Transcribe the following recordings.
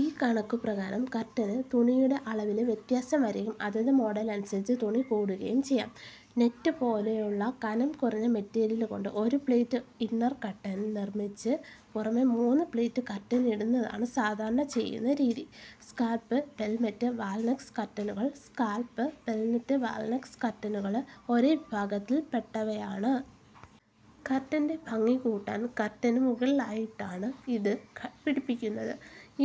ഈ കണക്കുപ്രകാരം കര്ട്ടന് തുണിയുടെ അളവില് വ്യത്യാസം വരികയും അതത് മോഡല് അനുസരിച്ച് തുണി കൂടുകയും ചെയ്യാം. നെറ്റ് പോലുള്ള കനം കുറഞ്ഞ മെറ്റീരിയല്കൊണ്ട് ഒരു പ്ലീറ്റ് ഇന്നര്കര്ട്ടന് നിര്മിച്ച് പുറമെ മൂന്നു പ്ലീറ്റ് കര്ട്ടന് ഇടുന്നതാണ് സാധാരണ ചെയ്യുന്ന രീതി. സ്കാലപ്പ്, പെല്മറ്റ്, വാലന്സ് കര്ട്ടനുകള് സ്കാലപ്പ്, പെല്മറ്റ്, വാലന്സ് കര്ട്ടനുകള് ഒരേ വിഭാഗത്തില്പ്പെട്ടവയാണ്. കര്ട്ടന്റെ ഭംഗി കൂട്ടാന് കര്ട്ടന് മുകളിലായിട്ടാണ് ഇത് പിടിപ്പിക്കുന്നത്.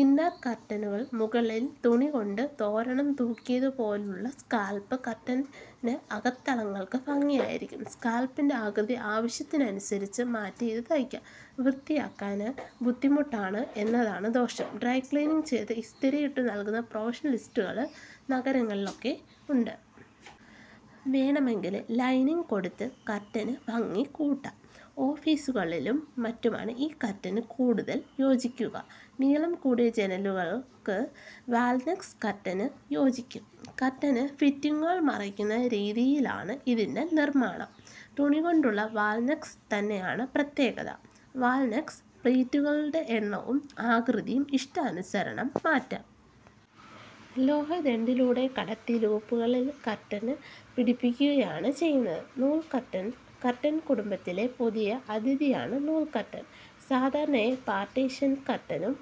ഇന്നര് കര്ട്ടനു മുകളില് തുണികൊണ്ട് തോരണം തൂക്കിയതുപോലുളള സ്കാലപ്പ് കര്ട്ടന് അകത്തളങ്ങള്ക്ക് ഭംഗിയായിരിക്കും. സ്കാലപ്പിന്റെ ആകൃതി ആവശ്യത്തിനനുസരിച്ച് മാറ്റി ഇത് തയ്ക്കാം. വൃത്തിയാക്കാന് ബുദ്ധിമുട്ടാണ് എന്നതാണ് ദോഷം. ്രൈഡക്ലീന് ചെയ്ത് ഇസ്തിരിയിട്ടു നല്കുന്ന പ്രൊഫഷണലിസ്റ്റുകള് നഗരങ്ങളിലൊക്കെയുണ്ട്. വേണമെങ്കില് ലൈനിങ് കൊടുത്ത് കര്ട്ടന് ഭംഗിയും കൂട്ടാം. ഓഫീസുകളിലും മറ്റുമാണ് ഈ കര്ട്ടന് കൂടുതല് യോജിക്കുക. നീളം കൂടിയ ജനലുകള്ക്ക് വാലന്സ് കര്ട്ടന് യോജിക്കും. കര്ട്ടന് ഫിറ്റിങ്ങുകള് മറയ്ക്കുന്ന രീതിയിലാണ് ഇതിന്റെ നിര്മാണം. തുണികൊണ്ടുള്ള വാലന്സ് തന്നെയാണ് പ്രത്യേകത. വാലന്സ് പ്ലീറ്റുകളുടെ എണ്ണവും ആകൃതിയും ഇഷ്ടാനുസരണം മാറ്റാം. ലോഹദണ്ഡിലൂടെ കടത്തി ലൂപ്പുകളില് കര്ട്ടന് പിടിപ്പിക്കുകയാണ് ചെയ്യുന്നത്. നൂല് കര്ട്ടന് കര്ട്ടന് കുടുംബത്തിലെ പുതിയ അതിഥിയാണ് നൂല്കര്ട്ടന്. സാധാരണയായി പാര്ട്ടീഷന് കര്ട്ടനും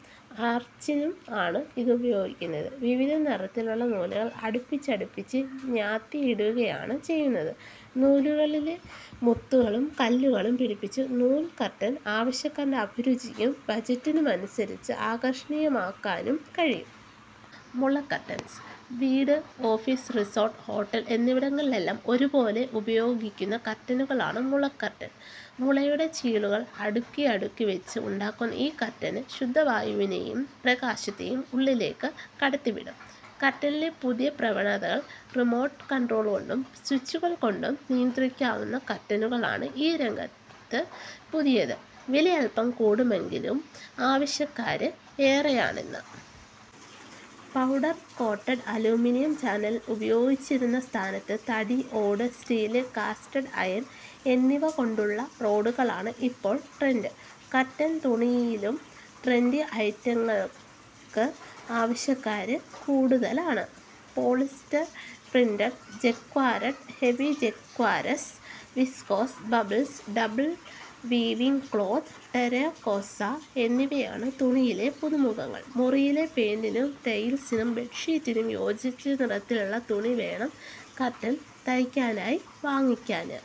ആര്ച്ചിനും ആണ് ഇത് ഉപയോഗിക്കുന്നത്. വിവിധ നിറത്തിലുള്ള നൂലുകള് അടുപ്പിച്ചടുപ്പിച്ച് ഞാത്തിയിടുകയാണ് ചെയ്യുന്നത്. നൂലുകളില് മുത്തുകളും കല്ലുകളും പിടിപ്പിച്ച് നൂല്കര്ട്ടന് ആവശ്യക്കാരന്റെ അഭിരുചിക്കും ബജറ്റിനുമനുസരിച്ച് ആകര്ഷണീയമാക്കാനും കഴിയും. മുള കര്ട്ടന് വീട്, ഓഫീസ്, റിസോര്ട്ട്, ഹോട്ടല് എന്നിവിടങ്ങളിലെല്ലാം ഒരുപോലെ ഉപയോഗിക്കുന്ന കര്ട്ടനുകളാണ് മുളകര്ട്ടന്. മുളയുടെ ചീളുകള് അടുക്കിയടുക്കി വെച്ച് ഉണ്ടാക്കുന്ന ഈ കര്ട്ടന് ശുദ്ധവായുവിനെയും പ്രകാശത്തെയും ഉള്ളിലേക്ക് കടത്തിവിടും. കര്ട്ടനിലെ പുതിയ പ്രവണതകള് റിമോര്ട്ട് കണ്ട്രോള്കൊണ്ടും സ്വിച്ചുകള്കൊണ്ടും നിയന്ത്രിക്കാവുന്ന കര്ട്ടനുകളാണ് ഈ രംഗത്ത് പുതിയത്. വില അല്പം കൂടുമെങ്കിലും ആവശ്യക്കാര് ഏറെയാണിതിന്. പൗഡര് കോട്ടഡ് അലുമിനിയം ചാനല് ഉപയോഗിച്ചിരുന്ന സ്ഥാനത്ത് തടി, ഓട്, സ്റ്റീല്, കാസ്റ്റ് അയേണ് എന്നിവകൊണ്ടുള്ള റോഡുകളാണ് ഇപ്പോള് ട്രെന്ഡ്. കര്ട്ടന് തുണിയിലും ട്രെന്ഡി ഐറ്റങ്ങള്ക്ക് ആവശ്യക്കാര് കൂടുതലാണ്. Polyester printed, jacquard, heavy jacquards, viscose, bubbles, double weaving cloth, ടെര്കോസ എന്നിവയാണ് തുണിയിലെ പുതുമുഖങ്ങള്. മുറിയിലെ പെയിന്റിനും ടൈല്സിനും ബെഡ്ഷീറ്റിനും യോജിച്ച നിറത്തിലുള്ള തുണി വേണം കര്ട്ടന് തയ്ക്കാനായി വാങ്ങിക്കാന്.